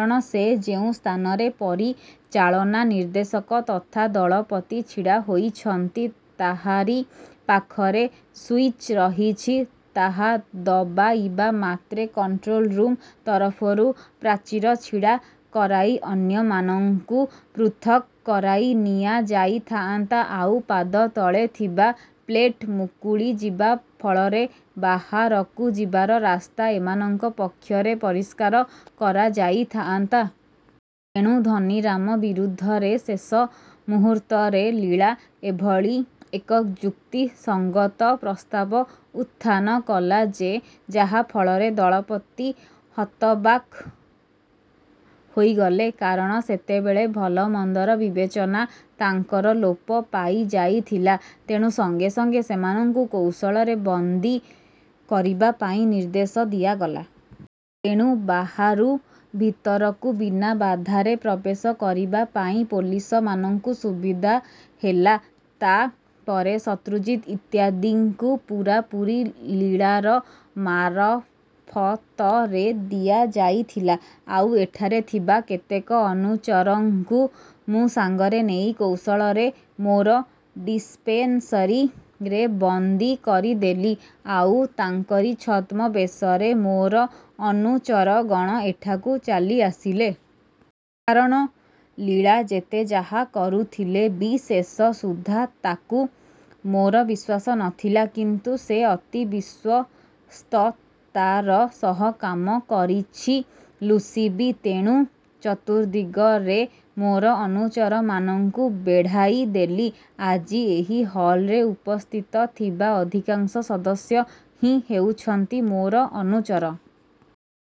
କାରଣ ସେ ଯେଉଁ ସ୍ଥାନରେ ପରିଚାଳନା ନିର୍ଦ୍ଦେଶକ ତଥା ଦଳପତି ଛିଡ଼ା ହୋଇଛନ୍ତି ତାହାରି ପାଖରେ ସୁଇଚ୍ ରହିଛି। ତାହା ଦବାଇବା ମାତ୍ରେ କଣ୍ଟ୍ରୋଲ୍ ରୁମ୍ ତରଫରୁ ପ୍ରାଚୀର ଛିଡ଼ା କରାଇ ଅନ୍ୟମାନଙ୍କୁ ପୃଥକ୍ କରାଇ ନିଆଯାଇଥାଆନ୍ତା। ଆଉ ପାଦତଳେ ଥିବା ପ୍ଲେଟ୍ ମୁକୁଳିଯିବା ଫଳରେ ବାହାରକୁ ଯିବାର ରାସ୍ତା ଏମାନଙ୍କ ପକ୍ଷରେ ପରିଷ୍କାର କରାଯାଇଥାଆନ୍ତା। ତେଣୁ ଧନୀରାମ ବିରୁଦ୍ଧରେ ଶେଷ ମୁହୂର୍ତ୍ତରେ ଲୀଳା ଏଭଳି ଏକ ଯୁକ୍ତିସଙ୍ଗତ ପ୍ରସ୍ତାବ ଉତ୍ଥାନ କଲା ଯେ ଯାହା ଫଳରେ ଦଳପତି ହତବାକ୍ ହୋଇଗଲେ। କାରଣ ସେତେବେଳେ ଭଲ ମନ୍ଦର ବିବେଚନା ତାଙ୍କର ଲୋପ ପାଇଯାଇଥିଲା। ତେଣୁ ସଙ୍ଗେ ସଙ୍ଗେ ସେମାନଙ୍କୁ କୌଶଳରେ ବନ୍ଦୀ କରିବା ପାଇଁ ନିର୍ଦ୍ଦେଶ ଦିଆଗଲା। ତେଣୁ ବାହାରୁ ଭିତରକୁ ବିନା ବାଧାରେ ପ୍ରବେଶ କରିବା ପାଇଁ ପୋଲିସମାନଙ୍କୁ ସୁବିଧା ହେଲା। ତା’ ପରେ ଶତ୍ରୁଜିତ୍ ଇତ୍ୟାଦିଙ୍କୁ ପୂରାପୂରି ଲୀଳାର ମାରଫତରେ ଦିଆଯାଇଥିଲା। ଆଉ ଏଠାରେ ଥିବା କେତେକ ଅନୁଚରଙ୍କୁ ମୁଁ ସାଙ୍ଗରେ ନେଇ କୌଶଳରେ ମୋର ଡିସ୍ପେନ୍ସରୀରେ ବନ୍ଦୀ କରିଦେଲି। ଆଉ ତାଙ୍କରି ଛଦ୍ମବେଶରେ ମୋର ଅନୁଚରଗଣ ଏଠାକୁ ଚାଲିଆସିଲେ। କାରଣ ଲୀଳା ଯେତେ ଯାହା କରୁଥିଲେ ବି ଶେଷ ସୁଦ୍ଧା ତାକୁ ମୋର ବିଶ୍ୱାସ ନ ଥିଲା। କିନ୍ତୁ ସେ ଅତି ବିଶ୍ୱସ୍ତତାର ସହ କାମ କରିଛି ଲୁସି ବି। ତେଣୁ ଚତୁର୍ଦ୍ଦିଗରେ ମୋର ଅନୁଚରମାନଙ୍କୁ ବେଢ଼ାଇ ଦେଲି। ଆଜି ଏହି ହଲ୍‌ରେ ଉପସ୍ଥିତ ଥିବା ଅଧିକାଂଶ ସଦସ୍ୟ ହିଁ ହେଉଛନ୍ତି ମୋର ଅନୁଚର।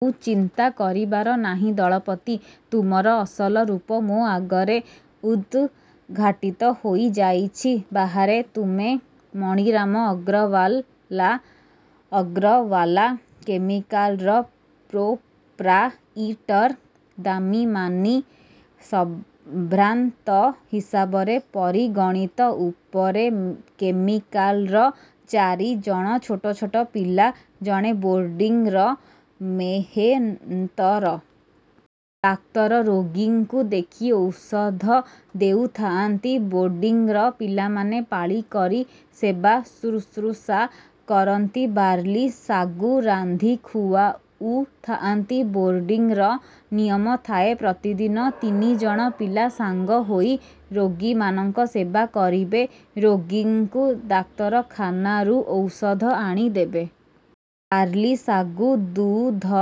ଆଉ ଚିନ୍ତା କରିବାର ନାହିଁ ଦଳପତି। ତୁମର ଅସଲ ରୂପ ମୋ ଆଗରେ ଉଦ୍‌ଘାଟିତ ହୋଇଯାଇଛି। ବାହାରେ ତୁମେ ମଣିରାମ ଅଗ୍ରୱାଲା ଅଗ୍ରୱାଲା କେମିକାଲ୍‌ର ପ୍ରୋପ୍ରାଇଟର। ଦାମୀ ମାନୀ ସମ୍ଭ୍ରାନ୍ତ ହିସାବରେ ପରିଗଣିତ। ଉପରେ କେମିକାଲ୍‌ର। ଚାରି ଜଣ ଛୋଟ ଛୋଟ ପିଲା ଜଣେ ବୋର୍ଡିଂର ମେହେନ୍ ନ୍ତର। ଡାକ୍ତର ରୋଗୀଙ୍କୁ ଦେଖି ଔଷଧ ଦେଉଥାଆନ୍ତି। ବୋର୍ଡିଂର ପିଲାମାନେ ପାଳି କରି ସେବା ଶୁଶ୍ରୂଷା କରନ୍ତି ବାର୍ଲି ସାଗୁ ରାନ୍ଧି ଖୁଆଉଥାଆନ୍ତି। ବୋର୍ଡିଂର ନିୟମ ଥାଏ ପ୍ରତିଦିନ ତିନି ଜଣ ପିଲା ସାଙ୍ଗ ହୋଇ ରୋଗୀମାନଙ୍କ ସେବା କରିବେ। ରୋଗୀଙ୍କୁ ଡାକ୍ତରଖାନାରୁ ଔଷଧ ଆଣି ଦେବେ। ବାର୍ଲି ସାଗୁ ଦୁଧ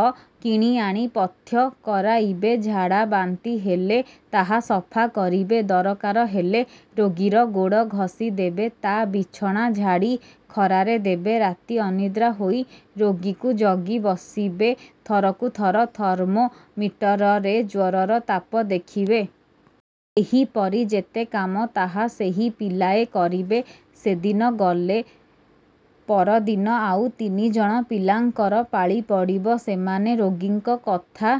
କିଣିଆଣି ପଥ୍ୟ କରାଇବେ। ଝାଡ଼ା ବାନ୍ତି ହେଲେ ତାହା ସଫା କରିବେ। ଦରକାର ହେଲେ ରୋଗୀର ଗୋଡ଼ ଘଷି ଦେବେ ତା’ ବିଛଣା ଝାଡ଼ି ଖରାରେ ଦେବେ ରାତି ଅନିଦ୍ରା ହୋଇ ରୋଗୀକୁ ଜଗି ବସିବେ ଥରକୁ ଥର ଥର୍ମୋମିଟରରେ ଜ୍ୱରର ତାପ ଦେଖିବେ। ଏହିପରି ଯେତେ କାମ ତାହା ସେହି ପିଲାଏ କରିବେ। ସେଦିନ ଗଲେ ପରଦିନ ଆଉ ତିନି ଜଣ ପିଲାଙ୍କର ପାଳି ପଡ଼ିବ। ସେମାନେ ରୋଗୀଙ୍କ କଥା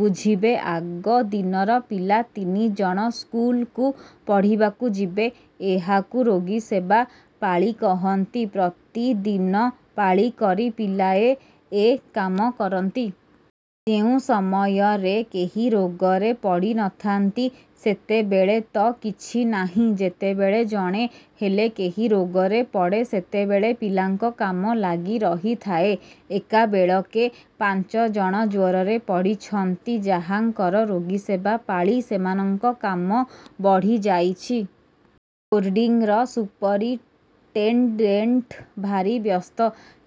ବୁଝିବେ ଆଗ ଦିନର ପିଲା ତିନି ଜଣ ସ୍କୁଲକୁ ପଢ଼ିବାକୁ ଯିବେ। ଏହାକୁ ରୋଗୀସେବା ପାଳି କହନ୍ତି। ପ୍ରତିଦିନ ପାଳି କରି ପିଲାଏ ଏ କାମ କରନ୍ତି। ଯେଉଁ ସମୟରେ କେହି ରୋଗରେ ପଡ଼ି ନ ଥାନ୍ତି ସେତେବେଳେ ତ କିଛି ନାହିଁ। ଯେତେବେଳେ ଜଣେ ହେଲେ କେହି ରୋଗରେ ପଡ଼େ ସେତେବେଳେ ପିଲାଙ୍କ କାମ ଲାଗି ରହିଥାଏ। ଏକାବେଳକେ ପାଞ୍ଚ ଜଣ ଜ୍ୱରରେ ପଡ଼ିଛନ୍ତି। ଯାହାଙ୍କର ରୋଗୀସେବା ପାଳି ସେମାନଙ୍କ କାମ ବଢ଼ିଯାଇଛି। ବୋର୍ଡିଂର ସୁପରିଣ୍ଟେଣ୍ଡେଣ୍ଟ ଭାରି ବ୍ୟସ୍ତ।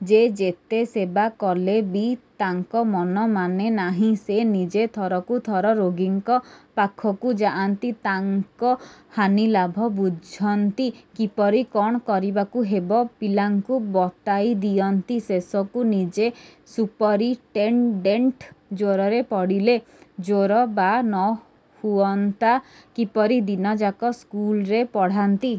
ଯେ ଯେତେ ସେବା କଲେ ବି ତାଙ୍କ ମନ ମାନେ ନାହିଁ। ସେ ନିଜେ ଥରକୁ ଥର ରୋଗୀଙ୍କ ପାଖକୁ ଯାଆନ୍ତି। ତାଙ୍କ ହାନିଲାଭ ବୁଝନ୍ତି। କିପରି କ’ଣ କରିବାକୁ ହେବ ପିଲାଙ୍କୁ ବତାଇ ଦିଅନ୍ତି। ଶେଷକୁ ନିଜେ ସୁପରିଣ୍ଟେଣ୍ଡେଣ୍ଟ ଜ୍ୱରରେ ପଡ଼ିଲେ। ଜ୍ୱର ବା ନ ହୁଅନ୍ତା କିପରି? ଦିନଯାକ ସ୍କୁଲରେ ପଢ଼ାନ୍ତି।